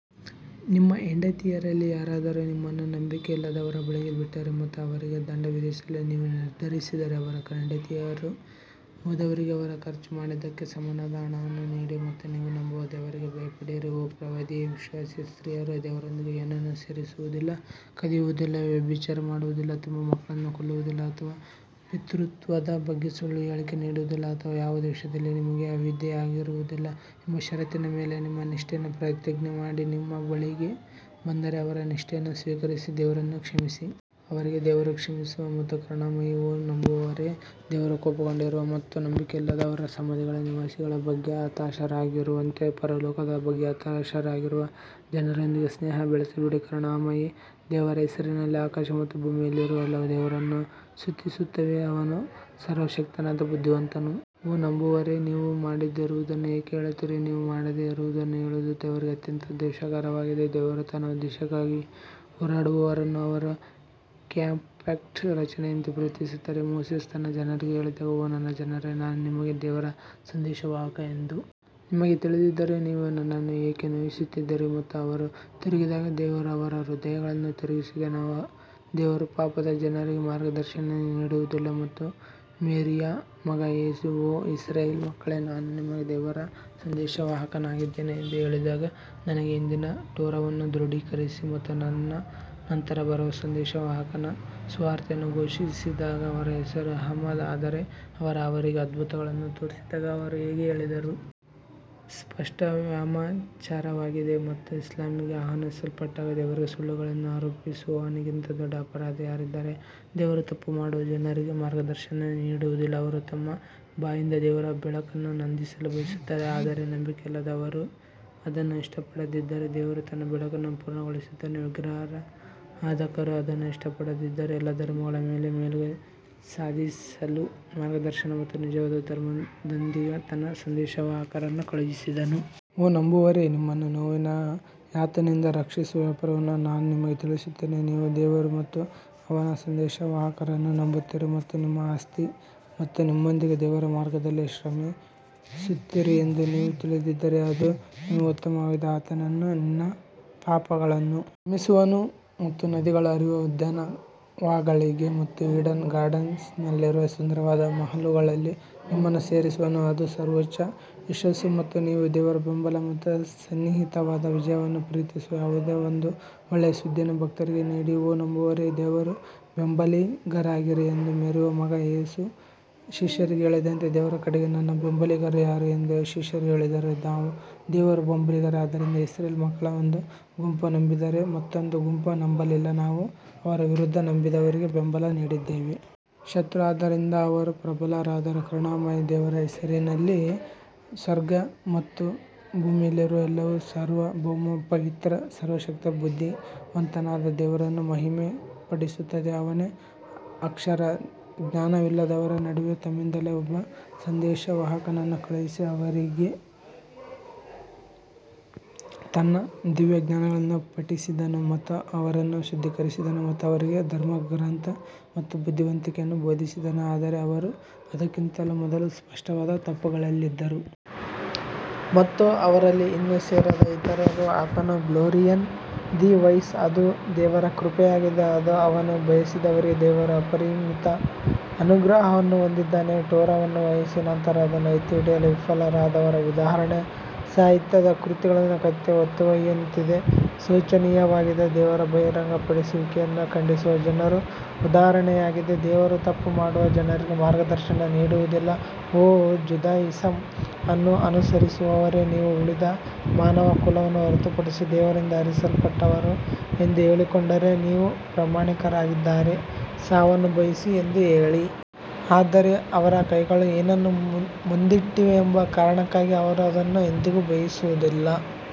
ನಿಮ್ಮ ಹೆಂಡತಿಯರಲ್ಲಿ ಯಾರಾದರೂ ನಿಮ್ಮನ್ನು ನಂಬಿಕೆಯಿಲ್ಲದವರ ಬಳಿಗೆ ಬಿಟ್ಟರೆ ಮತ್ತು ಅವರಿಗೆ ದಂಡ ವಿಧಿಸಲು ನೀವು ನಿರ್ಧರಿಸಿದರೆ ಅವರ ಹೆಂಡತಿಯರು ಹೋದವರಿಗೆ ಅವರು ಖರ್ಚು ಮಾಡಿದ್ದಕ್ಕೆ ಸಮನಾದ ಹಣವನ್ನು ನೀಡಿ ಮತ್ತು ನೀವು ನಂಬುವ ದೇವರಿಗೆ ಭಯಪಡಿರಿ. ಓ ಪ್ರವಾದಿಯೇ, ವಿಶ್ವಾಸಿ ಸ್ತ್ರೀಯರು ದೇವರೊಂದಿಗೆ ಏನನ್ನೂ ಸೇರಿಸುವುದಿಲ್ಲ, ಕದಿಯುವುದಿಲ್ಲ, ವ್ಯಭಿಚಾರ ಮಾಡುವುದಿಲ್ಲ, ತಮ್ಮ ಮಕ್ಕಳನ್ನು ಕೊಲ್ಲುವುದಿಲ್ಲ ಅಥವಾ ಪಿತೃತ್ವದ ಬಗ್ಗೆ ಸುಳ್ಳು ಹೇಳಿಕೆ ನೀಡುವುದಿಲ್ಲ ಅಥವಾ ಯಾವುದೇ ವಿಷಯದಲ್ಲಿ ನಿಮಗೆ ಅವಿಧೇಯರಾಗುವುದಿಲ್ಲ ಎಂಬ ಷರತ್ತಿನ ಮೇಲೆ ನಿಮ್ಮ ನಿಷ್ಠೆಯನ್ನು ಪ್ರತಿಜ್ಞೆ ಮಾಡಿ ನಿಮ್ಮ ಬಳಿಗೆ ಬಂದರೆ ಅವರ ನಿಷ್ಠೆಯನ್ನು ಸ್ವೀಕರಿಸಿ ದೇವರನ್ನು ಕ್ಷಮಿಸಿ. ಅವರಿಗೆ ದೇವರು ಕ್ಷಮಿಸುವ ಮತ್ತು ಕರುಣಾಮಯಿ ಓ ನಂಬುವವರೇ, ದೇವರು ಕೋಪಗೊಂಡಿರುವ ಮತ್ತು ನಂಬಿಕೆಯಿಲ್ಲದವರು ಸಮಾಧಿಗಳ ನಿವಾಸಿಗಳ ಬಗ್ಗೆ ಹತಾಶರಾಗಿರುವಂತೆ ಪರಲೋಕದ ಬಗ್ಗೆ ಹತಾಶರಾಗಿರುವ ಜನರೊಂದಿಗೆ ಸ್ನೇಹ ಬೆಳೆಸಬೇಡಿ. ಕರುಣಾಮಯಿ ದೇವರ ಹೆಸರಿನಲ್ಲಿ ಆಕಾಶ ಮತ್ತು ಭೂಮಿಯಲ್ಲಿರುವ ಎಲ್ಲವೂ ದೇವರನ್ನು ಸ್ತುತಿಸುತ್ತವೆ, ಅವನು ಸರ್ವಶಕ್ತನಾದ ಬುದ್ಧಿವಂತನು ಓ ನಂಬುವವರೇ, ನೀವು ಮಾಡದಿರುವುದನ್ನು ಏಕೆ ಹೇಳುತ್ತೀರಿ ನೀವು ಮಾಡದೇ ಇರುವುದನ್ನು ಹೇಳುವುದು ದೇವರಿಗೆ ಅತ್ಯಂತ ದ್ವೇಷಕರವಾಗಿದೆ ದೇವರು ತನ್ನ ಉದ್ದೇಶಕ್ಕಾಗಿ ಹೋರಾಡುವವರನ್ನು ಅವರು ಕಾಂಪ್ಯಾಕ್ಟ್ ರಚನೆಯಂತೆ ಪ್ರೀತಿಸುತ್ತಾರೆ ಮೋಸೆಸ್ ತನ್ನ ಜನರಿಗೆ ಹೇಳಿದಾಗ ಓ ನನ್ನ ಜನರೇ ನಾನು ನಿಮಗೆ ದೇವರ ಸಂದೇಶವಾಹಕ ಎಂದು ನಿಮಗೆ ತಿಳಿದಿದ್ದರೂ ನೀವು ನನ್ನನ್ನು ಏಕೆ ನೋಯಿಸುತ್ತಿದ್ದೀರಿ ಮತ್ತು ಅವರು ತಿರುಗಿದಾಗ ದೇವರು ಅವರ ಹೃದಯಗಳನ್ನು ತಿರುಗಿಸಿದನು ದೇವರು ಪಾಪದ ಜನರಿಗೆ ಮಾರ್ಗದರ್ಶನ ನೀಡುವುದಿಲ್ಲ ಮತ್ತು ಮೇರಿಯ ಮಗ ಯೇಸು, ಓ ಇಸ್ರಾಯೇಲ್ ಮಕ್ಕಳೇ ನಾನು ನಿಮಗೆ ದೇವರ ಸಂದೇಶವಾಹಕನಾಗಿದ್ದೇನೆ ಎಂದು ಹೇಳಿದಾಗ, ನನಗೆ ಹಿಂದಿನ ಟೋರಾವನ್ನು ದೃಢೀಕರಿಸಿ ಮತ್ತು ನನ್ನ ನಂತರ ಬರುವ ಸಂದೇಶವಾಹಕನ ಸುವಾರ್ತೆಯನ್ನು ಘೋಷಿಸಿದಾಗ ಅವರ ಹೆಸರು ಅಹ್ಮದ್ ಆದರೆ ಅವರು ಅವರಿಗೆ ಅದ್ಭುತಗಳನ್ನು ತೋರಿಸಿದಾಗ ಅವರು ಹೀಗೆ ಹೇಳಿದರು. ಸ್ಪಷ್ಟ ವಾಮಾಚಾರವಾಗಿದೆ ಮತ್ತು ಇಸ್ಲಾಮಿಗೆ ಆಹ್ವಾನಿಸಲ್ಪಟ್ಟಾಗ ದೇವರಿಗೆ ಸುಳ್ಳುಗಳನ್ನು ಆರೋಪಿಸುವವನಿಗಿಂತ ದೊಡ್ಡ ಅಪರಾಧಿ ಯಾರಿದ್ದಾರೆ, ದೇವರು ತಪ್ಪು ಮಾಡುವ ಜನರಿಗೆ ಮಾರ್ಗದರ್ಶನ ನೀಡುವುದಿಲ್ಲ ಅವರು ತಮ್ಮ ಬಾಯಿಯಿಂದ ದೇವರ ಬೆಳಕನ್ನು ನಂದಿಸಲು ಬಯಸುತ್ತಾರೆ ಆದರೆ ನಂಬಿಕೆಯಿಲ್ಲದವರು ಅದನ್ನು ಇಷ್ಟಪಡದಿದ್ದರೂ ದೇವರು ತನ್ನ ಬೆಳಕನ್ನು ಪೂರ್ಣಗೊಳಿಸುತ್ತಾನೆ ವಿಗ್ರಹಾರಾಧಕರು ಅದನ್ನು ಇಷ್ಟಪಡದಿದ್ದರೂ ಎಲ್ಲಾ ಧರ್ಮಗಳ ಮೇಲೆ ಮೇಲುಗೈ ಸಾಧಿಸಲು ಮಾರ್ಗದರ್ಶನ ಮತ್ತು ನಿಜವಾದ ಧರ್ಮದೊಂದಿಗೆ ತನ್ನ ಸಂದೇಶವಾಹಕರನ್ನು ಕಳುಹಿಸಿದನು. ಓ ನಂಬುವವರೇ, ನಿಮ್ಮನ್ನು ನೋವಿನ ಯಾತನೆಯಿಂದ ರಕ್ಷಿಸುವ ವ್ಯಾಪಾರವನ್ನು ನಾನು ನಿಮಗೆ ತಿಳಿಸುತ್ತೇನೆ ನೀವು ದೇವರು ಮತ್ತು ಅವನ ಸಂದೇಶವಾಹಕರನ್ನು ನಂಬುತ್ತೀರಿ ಮತ್ತು ನಿಮ್ಮ ಆಸ್ತಿ ಮತ್ತು ನಿಮ್ಮೊಂದಿಗೆ ದೇವರ ಮಾರ್ಗದಲ್ಲಿ ಶ್ರಮಿಸುತ್ತೀರಿ ಎಂದು ನೀವು ತಿಳಿದಿದ್ದರೆ ಅದು ನಿಮಗೆ ಉತ್ತಮವಾಗಿದೆ. ಆತನು ನಿನ್ನ ಪಾಪಗಳನ್ನು ಕ್ಷಮಿಸುವನು ಮತ್ತು ನದಿಗಳು ಹರಿಯುವ ಉದ್ಯಾನವನಗಳಿಗೆ ಮತ್ತು ಈಡನ್ ಗಾರ್ಡನ್ಸ್ನಲ್ಲಿರುವ ಸುಂದರವಾದ ಮಹಲುಗಳಲ್ಲಿ ನಿಮ್ಮನ್ನು ಸೇರಿಸುವನು ಅದು ಸರ್ವೋಚ್ಚ ಯಶಸ್ಸು ಮತ್ತು ನೀವು ದೇವರ ಬೆಂಬಲ ಮತ್ತು ಸನ್ನಿಹಿತವಾದ ವಿಜಯವನ್ನು ಪ್ರೀತಿಸುವ ಯಾವುದೋ ಒಂದು ಒಳ್ಳೆಯ ಸುದ್ದಿಯನ್ನು ಭಕ್ತರಿಗೆ ನೀಡಿ ಓ ನಂಬುವವರೇ ದೇವರ ಬೆಂಬಲಿಗರಾಗಿರಿ ಎಂದು ಮೇರಿಯ ಮಗ ಯೇಸು ಶಿಷ್ಯರಿಗೆ ಹೇಳಿದಂತೆ ದೇವರ ಕಡೆಗೆ ನನ್ನ ಬೆಂಬಲಿಗರು ಯಾರು ಎಂದು ಶಿಷ್ಯರು ಹೇಳಿದರು ನಾವು ದೇವರ ಬೆಂಬಲಿಗರು ಆದ್ದರಿಂದ ಇಸ್ರೇಲ್ ಮಕ್ಕಳ ಒಂದು ಗುಂಪು ನಂಬಿದರೆ ಮತ್ತೊಂದು ಗುಂಪು ನಂಬಲಿಲ್ಲ ನಾವು ಅವರ ವಿರುದ್ಧ ನಂಬಿದವರಿಗೆ ಬೆಂಬಲ ನೀಡಿದ್ದೇವೆ. ಶತ್ರು ಆದ್ದರಿಂದ ಅವರು ಪ್ರಬಲರಾದರು ಕರುಣಾಮಯಿ ದೇವರ ಹೆಸರಿನಲ್ಲಿ ಸ್ವರ್ಗ ಮತ್ತು ಭೂಮಿಯಲ್ಲಿರುವ ಎಲ್ಲವೂ ಸಾರ್ವಭೌಮ, ಪವಿತ್ರ ಸರ್ವಶಕ್ತ ಬುದ್ಧಿವಂತನಾದ ದೇವರನ್ನು ಮಹಿಮೆಪಡಿಸುತ್ತದೆ ಅವನೇ ಅಕ್ಷರ ಜ್ಞಾನವಿಲ್ಲದವರ ನಡುವೆ ತಮ್ಮಿಂದಲೇ ಒಬ್ಬ ಸಂದೇಶವಾಹಕನನ್ನು ಕಳುಹಿಸಿ, ಅವರಿಗೆ ತನ್ನ ದಿವ್ಯಜ್ಞಾನಗಳನ್ನು ಪಠಿಸಿದನು ಮತ್ತು ಅವರನ್ನು ಶುದ್ಧೀಕರಿಸಿದನು ಮತ್ತು ಅವರಿಗೆ ಧರ್ಮಗ್ರಂಥ ಮತ್ತು ಬುದ್ಧಿವಂತಿಕೆಯನ್ನು ಬೋಧಿಸಿದನು, ಆದರೆ ಅವರು ಅದಕ್ಕಿಂತ ಮೊದಲು ಸ್ಪಷ್ಟವಾದ ತಪ್ಪುಗಳಲ್ಲಿದ್ದರು. ಮತ್ತು ಅವರಲ್ಲಿ ಇನ್ನೂ ಸೇರದ ಇತರರು ಆತನು ಗ್ಲೋರಿಯಸ್ ದಿ ವೈಸ್ ಅದು ದೇವರ ಕೃಪೆಯಾಗಿದೆ, ಅದು ಅವನು ಬಯಸಿದವರಿಗೆ ದೇವರು ಅಪರಿಮಿತ ಅನುಗ್ರಹವನ್ನು ಹೊಂದಿದ್ದಾನೆ ಟೋರಾವನ್ನು ವಹಿಸಿ ನಂತರ ಅದನ್ನು ಎತ್ತಿಹಿಡಿಯಲು ವಿಫಲರಾದವರ ಉದಾಹರಣೆ ಸಾಹಿತ್ಯದ ಕೃತಿಗಳನ್ನು ಕತ್ತೆ ಹೊತ್ತೊಯ್ಯುವಂತಿದೆ ಶೋಚನೀಯವಾಗಿದೆ ದೇವರ ಬಹಿರಂಗಪಡಿಸುವಿಕೆಯನ್ನು ಖಂಡಿಸುವ ಜನರ ಉದಾಹರಣೆಯಾಗಿದೆ ದೇವರು ತಪ್ಪು ಮಾಡುವ ಜನರಿಗೆ ಮಾರ್ಗದರ್ಶನ ನೀಡುವುದಿಲ್ಲ ಓ ಜುದಾಯಿಸಂ ಅನ್ನು ಅನುಸರಿಸುವವರೇ, ನೀವು ಉಳಿದ ಮಾನವಕುಲವನ್ನು ಹೊರತುಪಡಿಸಿ ದೇವರಿಂದ ಆರಿಸಲ್ಪಟ್ಟವರು ಎಂದು ಹೇಳಿಕೊಂಡರೆ, ನೀವು ಪ್ರಾಮಾಣಿಕರಾಗಿದ್ದರೆ ಸಾವನ್ನು ಬಯಸಿ ಎಂದು ಹೇಳಿ. ಆದರೆ ಅವರ ಕೈಗಳು ಏನನ್ನು ಮುಂದಿಟ್ಟಿವೆ ಎಂಬ ಕಾರಣಕ್ಕಾಗಿ ಅವರು ಅದನ್ನು ಎಂದಿಗೂ ಬಯಸುವುದಿಲ್ಲ.